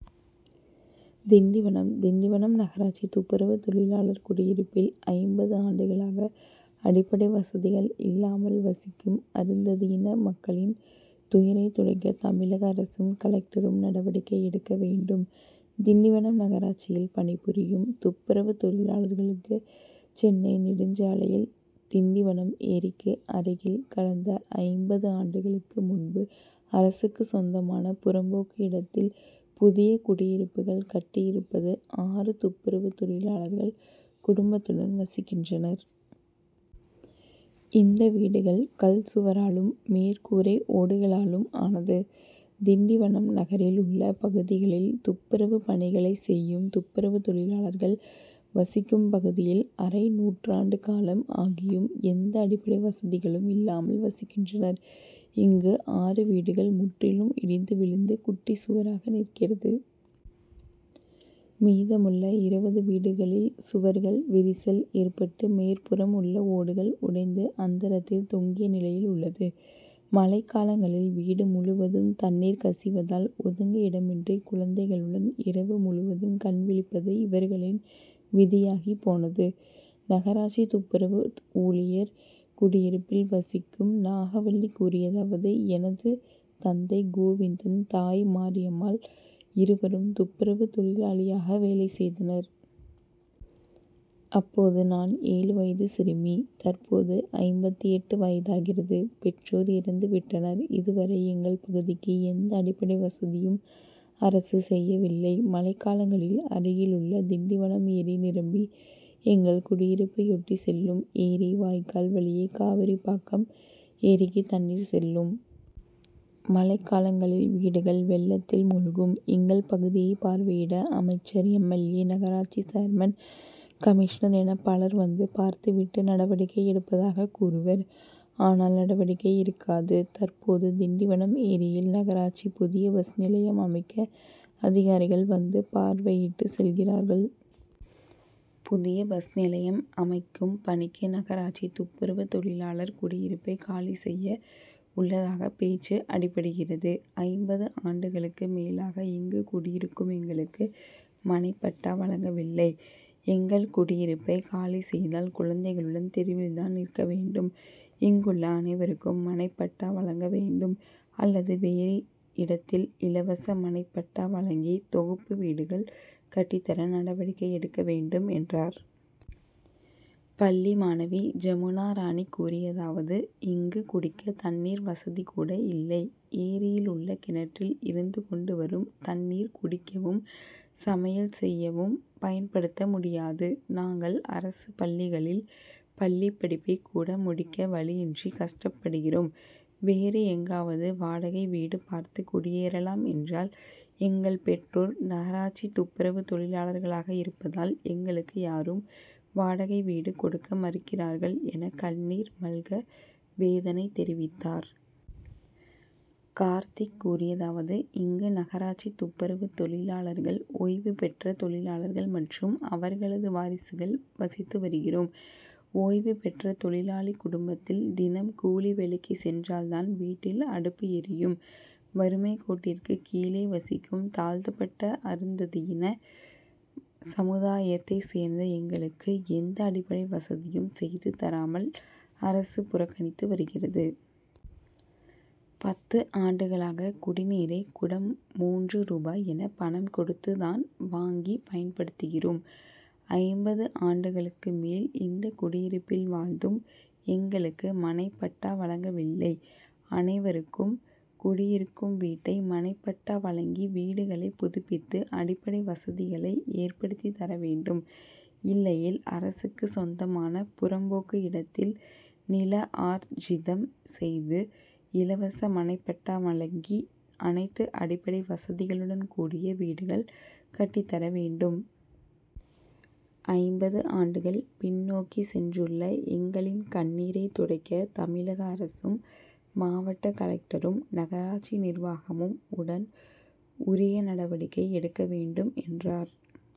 திண்டிவனம் திண்டிவனம் நகராட்சி துப்புரவு தொழிலாளர் குடியிருப்பில் ஐம்பது ஆண்டுகளாக அடிப்படை வசதிகள் இல்லாமல் வசிக்கும் அருந்ததியின மக்களின் துயரைத் துடைக்க தமிழக அரசும், கலெக்டரும் நடவடிக்கை எடுக்க வேண்டும். திண்டிவனம் நகராட்சியில் பணிபுரியும் துப்புரவு தொழிலாளர்களுக்கு சென்னை நெடுஞ்சாலையில் திண்டிவனம் ஏரிக்கு அருகில் கடந்த ஐம்பது ஆண்டுகளுக்கு முன்பு அரசுக்குச் சொந்தமான புறம்போக்கு இடத்தில் புதிய குடியிருப்புகள் கட்டி இருபத்து ஆறு துப்புரவு தொழிலாளர்கள் குடும்பத்துடன் வசிக்கின்றனர். இந்த வீடுகள் கல் சுவராலும், மேற்கூரை ஓடுகளாலும் ஆனது. திண்டிவனம் நகரில் உள்ள பகுதிகளில் துப்புரவு பணிகளை செய்யும் துப்புரவு தொழிலாளர்கள் வசிக்கும் பகுதியில் அரை நூற்றாண்டு காலம் ஆகியும் எந்த அடிப்படை வசதிகளும் இல்லாமல் வசிக்கின்றனர். இங்கு ஆறு வீடுகள் முற்றிலும் இடிந்து விழுந்து குட்டிச் சுவராக நிற்கிறது. மீதமுள்ள இருபது வீடுகளில் சுவர்கள் விரிசல் ஏற்பட்டு மேற்புறம் உள்ள ஓடுகள் உடைந்து அந்தரத்தில் தொங்கிய நிலையில் உள்ளது. மழைக்காலங்களில் வீடு முழுவதும் தண்ணீர் கசிவதால் ஒதுங்க இடமின்றி குழந்தைகளுடன் இரவு முழுவதும் கண் விழிப்பது இவர்களின் விதியாகிப் போனது. நகராட்சி துப்புரவு ஊழியர் குடியிருப்பில் வசிக் கும் நாகவள்ளி கூறியதாவது எனது தந்தை கோவிந்தன், தாய் மரியம்மாள் இருவரும் துப்புரவு தொழிலாளியாக வேலை செய்தனர். அப் போது நான் ஏழு வயது சிறுமி தற்போது ஐம்பத்து எட்டு வயதாகிறது. பெற்றோர் இறந்து விட்டனர். இது வரை எங்கள் பகுதிக்கு எந்த அடிப்படை வசதியும் அரசு செய்யவில்லை. மழைக் காலங்களில் அருகிலுள்ள திண்டிவனம் ஏரி நிரம்பி, எங்கள் குடியிருப்பையொட்டிச் செல்லும் ஏரி வாய்க்கால் வழியே காவேரிப் பாக்கம் ஏரிக்கு தண்ணீர் செல்லும். மழைக்காலங்களில் வீடுகள் வெள்ளத்தில் மூழ்கும். எங்கள் பகுதியை பார்வையிட அமைச்சர், எம். எல். ஏ., நகராட்சி சேர்மன், கமிஷனர் என பலர் வந்து பார்த்து விட்டு நடவடிக்கை எடுப்பதாக கூறுவர். ஆனால் நடவடிக்கை இருக்காது. தற்போது திண்டிவனம் ஏரியில் நகராட்சி புதிய பஸ் நிலையம் அமைக்க அதிகாரிகள் வந்து பார்வையிட்டு செல்கிறார்கள். புதிய பஸ் நிலையம் அமைக்கும் பணிக்கு நகராட்சி துப்புரவு தொழிலாளர் குடியிருப்பை காலி செய்ய உள்ளதாக பேச்சு அடிபடுகிறது. ஐம்பது ஆண்டுகளுக்கு மேலாக இங்கு குடியிருக்கும் எங்களுக்கு மனைப்பட்டா வழங்கவில்லை. எங்கள் குடியிருப்பை காலி செய்தால் குழந்தைகளுடன் தெருவில் தான் நிற்க வேண்டும். இங்குள்ள அனைவருக்கும் மனைப்பட்டா வழங்க வேண்டும், அல்லது வேறு இடத்தில் இலவச மனைப்பட்டா வழங்கி, தொகுப்பு வீடுகள் கட்டித் தர நடவடிக்கை எடுக்க வேண்டும் என்றார். பள்ளி மாணவி ஜமுனாராணி கூறியதாவது: இங்கு குடிக்க தண்ணீர் வசதிகூட இல்லை. ஏரியில் உள்ள கிணற்றில் இருந்து கொண்டு வரும் தண்ணீர் குடிக்கவும், சமையல் செய்யவும் பயன் படுத்த முடியாது. நாங்கள் அரசுப் பள்ளிகளில் பள்ளிப் படிப்பைக் கூட முடிக்க வழியின்றி கஷ்டப்படுகிறோம். வேறு எங்காவது வாடகை வீடு பார்த்து குடியேறலாம் என்றால் எங்கள் பெற்றோர் நகராட்சி துப்புரவு தொழிலாளர்களாக இருப்பதால் எங்களுக்கு யாரும் வாடகை வீடு கொடுக்க மறுக்கிறார்கள் என கண்ணீர் மல்க வேதனை தெரிவித்தார். கார்த்திக் கூறியதாவது இங்கு நகராட்சி துப்புரவு தொழிலா ளர்கள், ஓய்வு பெற்ற தொழிலாளர்கள் மற்றும் அவர்களது வாரிசுகள் வசித்து வருகிறோம். ஓய்வுபெற்ற தொழிலாளி குடும்பத்தில் தினம் கூலி வேலைக்குச் சென்றால் தான் வீட்டில் அடுப்பு எரியும். வறுமைக்கோட்டிற்கு கீழே வசிக்கும் தாழ்த்தப்பட்ட அருந்ததியின சமுதாயத் தைச்சேர்ந்த எங்களுக்கு எந்த அடிப்படை வசதியும் செய்து தராமல் அரசு புறக்கணித்து வருகிறது. பத்து ஆண்டுகளாக குடிநீரை குடம் மூன்று ரூபாய் என பணம் கொடுத்து தான் வாங்கி பயன்படுத்துகிறோம். ஐம்பது ஆண்டுகளுக்கு மேல் இந்த குடியிருப்பில் வாழ்ந்தும் எங்களுக்கு மனைப்பட்டா வழங்கவில்லை. அனைவருக்கும் குடியிருக்கும் வீட்டை மனைப்பட்டா வழங்கி வீடுகளை புதுப்பித்து அடிப்படை வசதிகளை ஏற்படுத்தித்தர வேண்டும். இல்லையேல் அரசுக்குச் சொந்தமான புறம் போக்கு இடத்தில் நில ஆர்ஜிதம் செய்து, இலவச மனைப்பட்டா வழங்கி அனைத்து அடிப்படை வசதிகளுடன்கூடிய வீடுகள் கட்டித்தர வேண்டும். ஐம்பது ஆண்டுகள் பின் னோக்கிச் சென்றுள்ள எங்களின் கண்ணீரை துடைக்க தமிழக அரசும், மாவட்ட கலெக்டரும், நகராட்சி நிர்வாகமும் உடன் உரிய நடவடிக்கை எடுக்க வேண்டும் என்றார்.